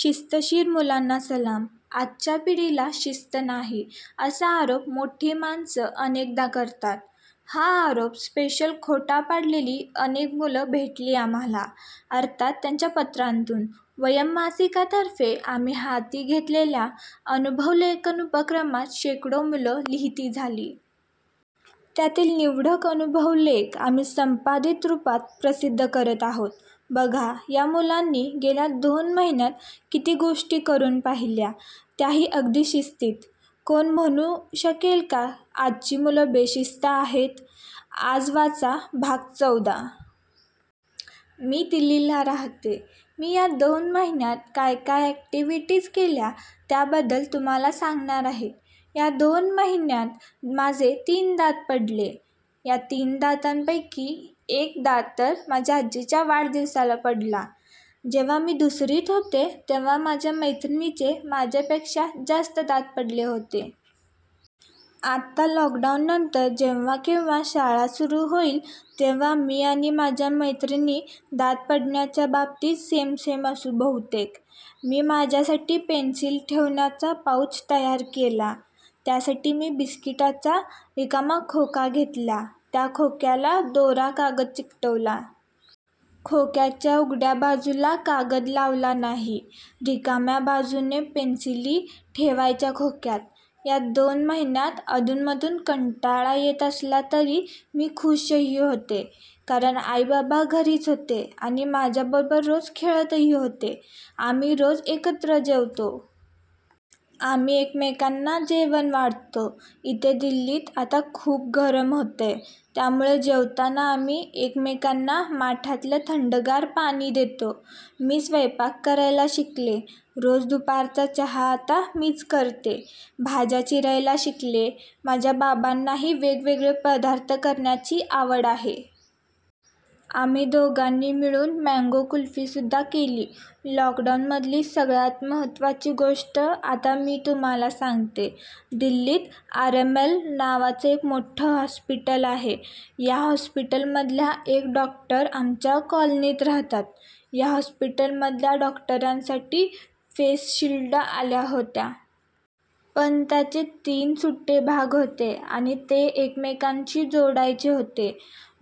शिस्तशीर मुलांना सलाम. आजच्या पिढीला शिस्त नाही, असा आरोप मोठी माणसं अनेकदा करतात. हा आरोप सपशेल खोटा पाडलेली अनेक मुलं भेटली आम्हांला, अर्थात त्यांच्या पत्रांतून. वयम् मासिकातर्फे आम्ही हाती घेतलेल्या अनुभव लेखन उपक्रमात शेकडो मुलं लिहिती झाली. त्यातील निवडक अनुभव लेख आम्ही संपादित रूपात प्रसिद्ध करत आहोत. बघा, या मुलांनी गेल्या दोन महिन्यांत किती गोष्टी करून पाहिल्या, त्याही अगदी शिस्तीत. कोण म्हणू धजेल की आजची मुलं बेशिस्त आहेत? आज वाचा भाग चौदा. मी दिल्लीला राहते. मी या दोन महिन्यांत काय काय ऍक्टिव्हिटीज केल्या, त्याबद्दल तुम्हांला सांगणार आहे. या दोन महिन्यांत माझे तीन दात पडले. ह्या तीन दातांपैकी एक दात तर माझ्या आजीच्या वाढदिवसाला पडला. जेव्हा मी दुसरीत होते, तेव्हा माझ्या मैत्रिणींचे माझ्यापेक्षा जास्त दात पडले होते. आता लॉकडाऊननंतर जेव्हा केव्हा शाळा सुरू होईल तेव्हा मी आणि माझ्या मैत्रिणी दात पडण्याच्या बाबतीत सेम सेम असू बहुतेक. मी माझ्यासाठी पेन्सिल ठेवण्याचा पाऊच तयार केला. त्यासाठी मी बिस्किटाचा रिकामा खोका घेतला. त्या खोक्याला कोरा कागद चिकटवला. खोक्याच्या उघड्या बाजूला कागद लावला नाही. रिकाम्या बाजूने पेन्सिली ठेवायच्या खोक्यात. या दोन महिन्यांत अधूनमधून कंटाळा येत असला तरी मी खूशही होते. कारण, आई बाबा घरीच होते आणि माझ्याबरोबर रोज खेळतही होते. आम्ही रोज एकत्र जेवतो. आम्ही एकमेकांना जेवण वाढतो. इथे दिल्लीत आता खूप गरम होतंय, त्यामुळे जेवताना आम्ही एकमेकांना माठातलं थंडगार पाणी देतो. मी स्वयंपाक करायला शिकले. रोज दुपारचा चहा आता मीच करते. भाज्या चिरायला शिकले. माझ्या बाबांनाही वेगवेगळे पदार्थ करण्याची आवड आहे. आम्ही दोघांनी मिळून मँगो कुल्फीसुद्धा केली. लॉकडाऊनमधली सगळ्यात महत्त्वाची गोष्ट आता मी तुम्हांला सांगते. दिल्लीत आरएमएल नावाचं एक मोठ्ठं हॉस्पिटल आहे. या हॉस्पिटलमधल्या एक डॉक्टर आमच्या कॉलनीत राहतात. या हॉस्पिटलमधल्या डॉक्टरांसाठी फेस शिल्ड्स आल्या होत्या. पण त्याचे तीन सुटे भाग होते आणि ते एकमेकांशी जोडायचे होते.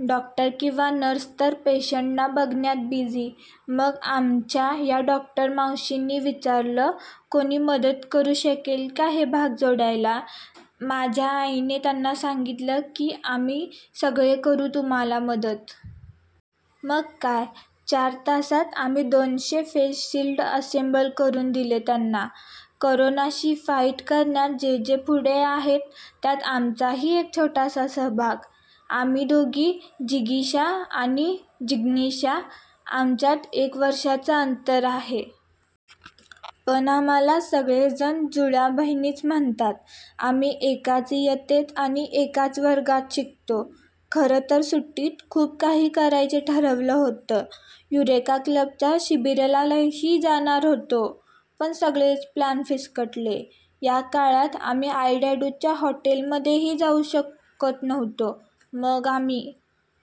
डॉक्टर किंवा नर्स तर पेशंटना बघण्यात बिझी. मग आमच्या ह्या डॉक्टर मावशींनी विचारलं, कोणी मदत करू शकेल का हे भाग जोडायला? माझ्या आईने त्यांना सांगितलं की आम्ही सगळे करू तुम्हांला मदत. मग काय? चार तासांत आम्ही दोनशे फेस शिल्ड असेम्बल करून दिले त्यांना. करोनाशी फाईट करण्यात जे जे पुढे आहेत, त्यात आमचाही हा एक छोटासा सहभाग. आम्ही दोघी जिगीषा आणि जिग्नीषा. आमच्यात एक वर्षाचं अंतर आहे. पण आम्हांला सगळेजण जुळ्या बहिणीच म्हणतात. आम्ही एकाच इयत्तेत आणि एकाच वर्गात शिकतो. खरंतर सुट्टीत खूप काही करायचे ठरवलं होतं. युरेका क्लबच्या शिबिरालाही जाणार होतो. पण सगळेच प्लॅन फिस्कटले. या काळात आम्ही आई डॅडूच्या हॉटेलमध्येही जाऊ शकत नव्हतो. मग आम्ही